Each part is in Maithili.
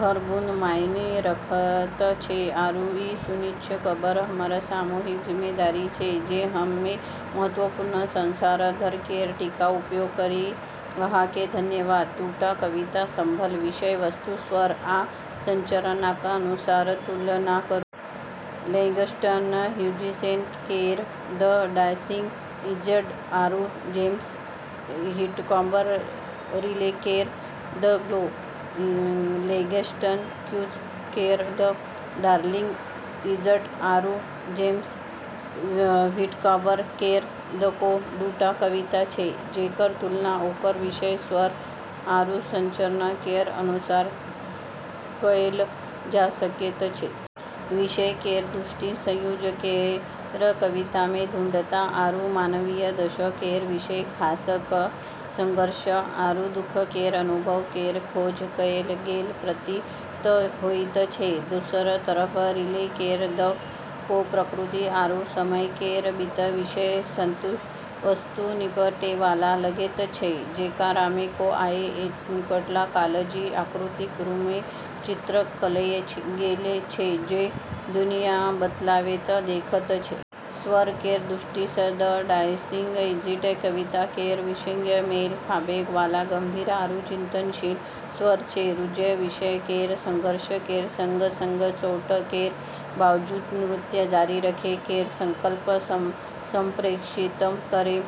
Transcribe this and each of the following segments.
हर बूंद मायने रखैत छै, आरू ई सुनिश्चित करब हमर सामूहिक जिम्मेदारी छै जे हम ई महत्वपूर्ण संसाधन केर टिकाऊ उपयोग करी। अहाँकेँ धन्यवाद। दूटा कविता सभक विषय-वस्तु, स्वर, आ संरचनाक अनुसार तुलना करू। लैंगस्टन ह्यूजेस केर द डांसिंग इंजर्ड आरू जेम्स व्हिटकॉम्ब रिले केर द क्रो। लैंगस्टन ह्यूज केर द डांसिंग इंजर्ड आरू जेम्स व्हिटकॉम्ब केर द क्रो दूटा कविता छै जेकर तुलना ओकर विषय, स्वर आरू संरचना केर अनुसार कएल जा सकैत छै। विषय केर दृष्टिसँ ह्यूज केर कवितामे दृढ़ता आरू मानवीय दशा केर विषय खास कऽ कऽ संघर्ष आरू दुख केर अनुभव केर खोज कएल गेल प्रतीत होइत छै। दोसर तरफ रिले केर द क्रो प्रकृति आरू समय केर बीतैत विषय-वस्तुसँ निपटैवाला लगैत छै, जेकरामे कौआकेँ एकटा कालजयी आकृतिक रूपमे चित्रित कएल गेल छै जे दुनियामे बदलावकेँ देखैत छै। स्वर केर दृष्टिसँ द डांसिंग इंजर्डमे कविता केर विषयसँ मेल खाबैवाला गंभीर आरू चिंतनशील स्वर छै। ह्यूज विषय केर संघर्ष केर संग-संग चोट केर बावजूद नृत्य जारी रखै केर संकल्पकेँ संप्रेषित करै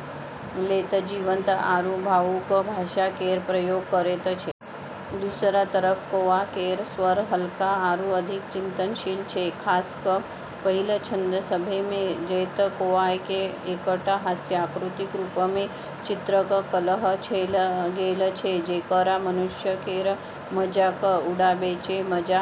लेल जीवंत आरू भावुक भाषा केर प्रयोग करैत छै। दोसर तरफ कौआ केर स्वर हल्का आरू अधिक चिंतनशील छै, खास कऽ कऽ पहिल छंद सभमे जतए कौआकेँ एकटा हास्य आकृतिक रूपमे चित्रित कएल गेल छै जेकरा मनुष्य केर मजाक उड़ाबैमे मजा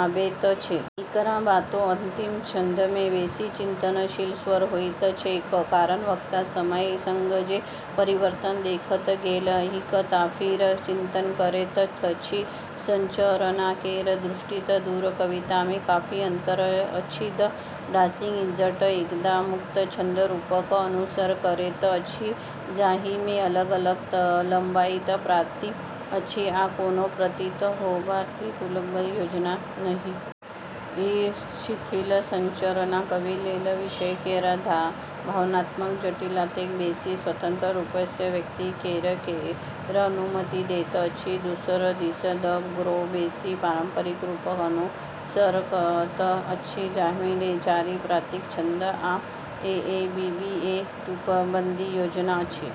आबैत छै। एकरा बादो अंतिम छंदमे बेसी चिंतनशील स्वर होइत छैक, कारण वक्ता समयक संग जे परिवर्तन देखल गेल अछि ताहिपर चिंतन करैत छथि। संरचना केर दृष्टिएँ दूनू कवितामे काफी अंतर अछि। द डांसिंग इंजर्ड एकटा मुक्त छंद रूपक अनुसरण करैत अछि, जाहिमे अलग-अलग लंबाईक पाँति अछि आ कोनो प्रतीत होबैबला तुकबंदी योजना नहि। ई शिथिल संरचना कवि लेल विषय केर भावनात्मक जटिलताकेँ बेसी स्वतंत्र रूपसँ व्यक्त करै केर अनुमति दैत अछि। दोसर दिस द क्रो बेसी पारंपरिक रूपक अनुसरण करैत अछि, जाहिमे चारि पाँतिक छंद आ एएबीबीए तुकबंदी योजना अछि।